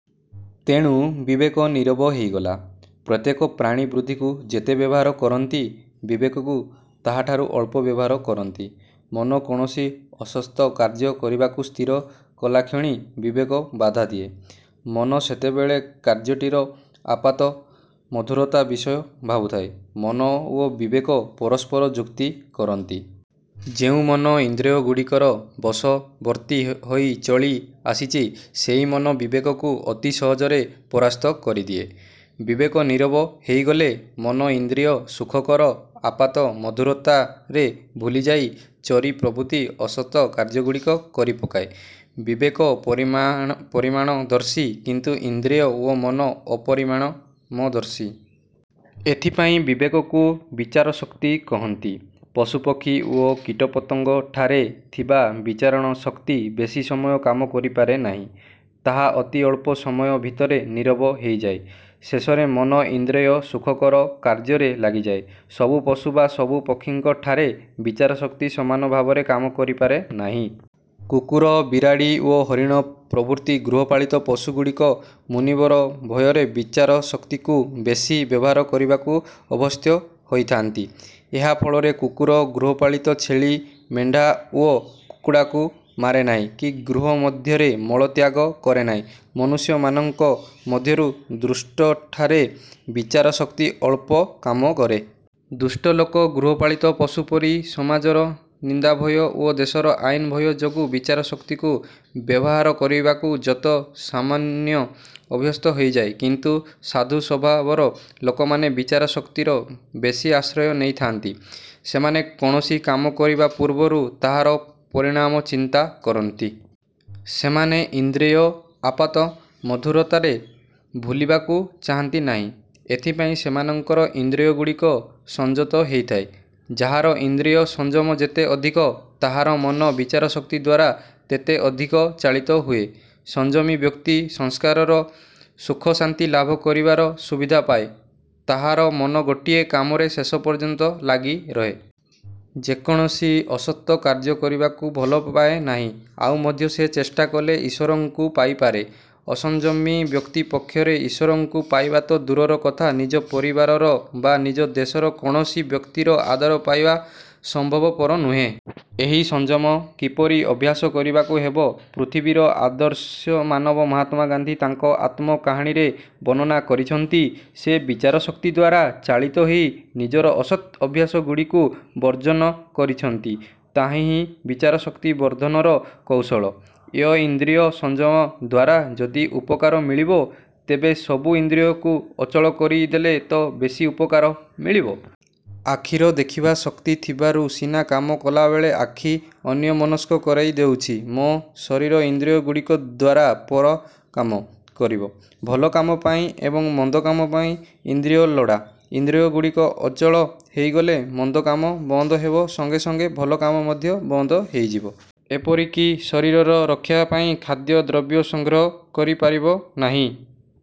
ତେଣୁ ବିବେକ ନୀରବ ହୋଇଗଲା। ପ୍ରତ୍ୟେକ ପ୍ରାଣୀ ବୁଦ୍ଧିକୁ ଯେତେ ବ୍ୟବହାର କରନ୍ତି, ବିବେକକୁ ତାହାଠାରୁ ଅଳ୍ପ ବ୍ୟବହାର କରନ୍ତି। ମନ କୌଣସି ଅସତ୍ କାର୍ଯ୍ୟ କରିବାକୁ ସ୍ଥିର କଲାକ୍ଷଣି ବିବେକ ବାଧା ଦିଏ। ମନ ସେତେବେଳେ କାର୍ଯ୍ୟଟିର ଆପାତ ମଧୁରତା ବିଷୟ ଭାବୁଥାଏ। ମନ ଓ ବିବେକ ପରସ୍ପର ଯୁକ୍ତି କରନ୍ତି। ଯେଉଁ ମନ ଇନ୍ଦ୍ରିୟଗୁଡ଼ିକର ବଶବର୍ତ୍ତୀ ହୋଇ ଚଳି ଆସିଛି, ସେହି ମନ ବିବେକକୁ ଅତି ସହଜରେ ପରାସ୍ତ କରିଦିଏ। ବିବେକ ନୀରବ ହୋଇଗଲେ ମନ ଇନ୍ଦ୍ରିୟ-ସୁଖକର ଆପାତ ମଧୁରତାରେ ଭୁଲିଯାଇ ଚୋରି ପ୍ରଭୃତି ଅସତ୍ କାର୍ଯ୍ୟଗୁଡ଼ିକ କରିପକାଏ। ବିବେକ ପରିଣାମଦର୍ଶୀ କିନ୍ତୁ ଇନ୍ଦ୍ରିୟ ଓ ମନ ଅପରିମାଣମଦର୍ଶୀ। ଏଥିପାଇଁ ବିବେକକୁ ବିଚାରଶକ୍ତି କହନ୍ତି। ପଶୁପକ୍ଷୀ ଓ କୀଟପତଙ୍ଗଠାରେ ଥିବା ବିଚାରଶକ୍ତି ବେଶୀ ସମୟ କାମ କରିପାରେ ନାହିଁ। ତାହା ଅତି ଅଳ୍ପ ସମୟ ଭିତରେ ନୀରବ ହୋଇଯାଏ। ଶେଷରେ ମନ ଇନ୍ଦ୍ରିୟ-ସୁଖକର କାର୍ଯ୍ୟରେ ଲାଗିଯାଏ। ସବୁ ପଶୁ ବା ସବୁ ପକ୍ଷୀଙ୍କ ଠାରେ ବିଚାରଶକ୍ତି ସମାନ ଭାବରେ କାମ କରିପାରେ ନାହିଁ। କୁକୁର, ବିରାଡ଼ି ଓ ହରିଣ ପ୍ରଭୃତି ଗୃହପାଳିତ ପଶୁଗୁଡ଼ିକ ମୁନିବର ଭୟରେ ବିଚାରଶକ୍ତିକୁ ବେଶି ବ୍ୟବହାର କରିବାକୁ ଅଭ୍ୟସ୍ତ ହୋଇଥାନ୍ତି। ଏହା ଫଳରେ କୁକୁର ଗୃହପାଳିତ ଛେଳି, ମେଣ୍ଢା ଓ କୁକୁଡ଼ାକୁ ମାରେ ନାହିଁ କି ଗୃହ ମଧ୍ୟରେ ମଳତ୍ୟାଗ କରେ ନାହିଁ। ମନୁଷ୍ୟମାନଙ୍କ ମଧ୍ୟରୁ ଦୁଷ୍ଟଠାରେ ବିଚାରଶକ୍ତି ଅଳ୍ପ କାମ କରେ। ଦୁଷ୍ଟ ଲୋକ ଗୃହପାଳିତ ପଶୁପରି ସମାଜର ନିନ୍ଦାଭୟ ଓ ଦେଶର ଆଇନ ଭୟ ଯୋଗୁଁ ବିଚାରଶକ୍ତିକୁ ବ୍ୟବହାର କରିବାକୁ ଯତ୍ ସାମାନ୍ୟ ଅଭ୍ୟସ୍ତ ହୋଇଯାଏ କିନ୍ତୁ ସାଧୁ ସ୍ଵଭାବର ଲୋକମାନେ ବିଚାରଶକ୍ତିର ବେଶୀ ଆଶ୍ରୟ ନେଇଥାନ୍ତି। ସେମାନେ କୌଣସି କାମ କରିବା ପୂର୍ବରୁ ତାହାର ପରିଣାମ ଚିନ୍ତା କରନ୍ତି। ସେମାନେ ଇନ୍ଦ୍ରିୟ ଆପାତ ମଧୁରତାରେ ଭୁଲିବାକୁ ଚାହାନ୍ତି ନାହିଁ। ଏଥିପାଇଁ ସେମାନଙ୍କର ଇନ୍ଦ୍ରିୟଗୁଡ଼ିକ ସଂଯତ ହୋଇଥାଏ। ଯାହାର ଇନ୍ଦ୍ରିୟ-ସଂଯମ ଯେତେ ଅଧିକ, ତାହାର ମନ ବିଚାରଶକ୍ତି ଦ୍ଵାରା ତେତେ ଅଧିକ ଚାଳିତ ହୁଏ। ସଂଯମୀ ବ୍ୟକ୍ତି ସଂସାରର ସୁଖଶାନ୍ତି ଲାଭ କରିବାର ସୁବିଧା ପାଏ। ତାହାର ମନ ଗୋଟିଏ କାମରେ ଶେଷ ପର୍ଯ୍ୟନ୍ତ ଲାଗି ରହେ। ସେ କୌଣସି ଅସତ୍ କାର୍ଯ୍ୟ କରିବାକୁ ଭଲପାଏ ନାହିଁ। ଆଉ ମଧ୍ୟ ସେ ଚେଷ୍ଟା କଲେ ଈଶ୍ଵରଙ୍କୁ ପାଇପାରେ। ଅସଂଯମୀ ବ୍ୟକ୍ତି ପକ୍ଷରେ ଈଶ୍ଵରଙ୍କୁ ପାଇବା ତ ଦୂରର କଥା, ନିଜ ପରିବାରର ବା ନିଜ ଦେଶର କୌଣସି ବ୍ୟକ୍ତିର ଆଦର ପାଇବା ସମ୍ଭବପର ନୁହେଁ। ଏହି ସଂଯମ କିପରି ଅଭ୍ୟାସ କରିବାକୁ ହେବ, ପୃଥିବୀର ଆଦର୍ଶ ମାନବ ମହାତ୍ମା ଗାନ୍ଧୀ ତାଙ୍କ ଆତ୍ମକାହାଣୀରେ ବର୍ଣ୍ଣନା କରିଛନ୍ତି। ସେ ବିଚାରଶକ୍ତି ଦ୍ଵାରା ଚାଳିତ ହୋଇ ନିଜର ଅସତ୍ ଅଭ୍ୟାସଗୁଡ଼ିକୁ ବର୍ଜନ କରିଛନ୍ତି। ତାହାହିଁ ବିଚାରଶକ୍ତି ବର୍ଦ୍ଧନର କୌଶଳ। ୟ-ଇନ୍ଦ୍ରିୟ ସଂଯମ ଦ୍ଵାରା ଯଦି ଉପକାର ମିଳିବ, ତେବେ ସବୁ ଇନ୍ଦ୍ରିୟକୁ ଅଚଳ କରିଦେଲେ ତ ବେଶୀ ଉପକାର ମିଳିବ? ଆଖିର ଦେଖିବା ଶକ୍ତି ଥିବାରୁ ସିନା କାମ କଲାବେଳେ ଆଖି ଅନ୍ୟମନସ୍କ କରାଇ ଦେଉଛି? ମ-ଶରୀର ଇନ୍ଦ୍ରିୟଗୁଡ଼ିକ ଦ୍ଵାରା ପରା କାମ କରିବ? ଭଲ କାମ ପାଇଁ ଏବଂ ମନ୍ଦ କାମ ପାଇଁ ଇନ୍ଦ୍ରିୟ ଲୋଡ଼ା। ଇନ୍ଦ୍ରିୟଗୁଡ଼ିକ ଅଚଳ ହୋଇଗଲେ ମନ୍ଦ କାମ ବନ୍ଦ ହେବା ସଙ୍ଗେ ସଙ୍ଗେ ଭଲ କାମ ମଧ୍ୟ ବନ୍ଦ ହୋଇଯିବ। ଏପରିକି ଶରୀର ରକ୍ଷା ପାଇଁ ଖାଦ୍ୟ ଦ୍ରବ୍ୟ ସଂଗ୍ରହ କରି ପାରିବ ନାହିଁ,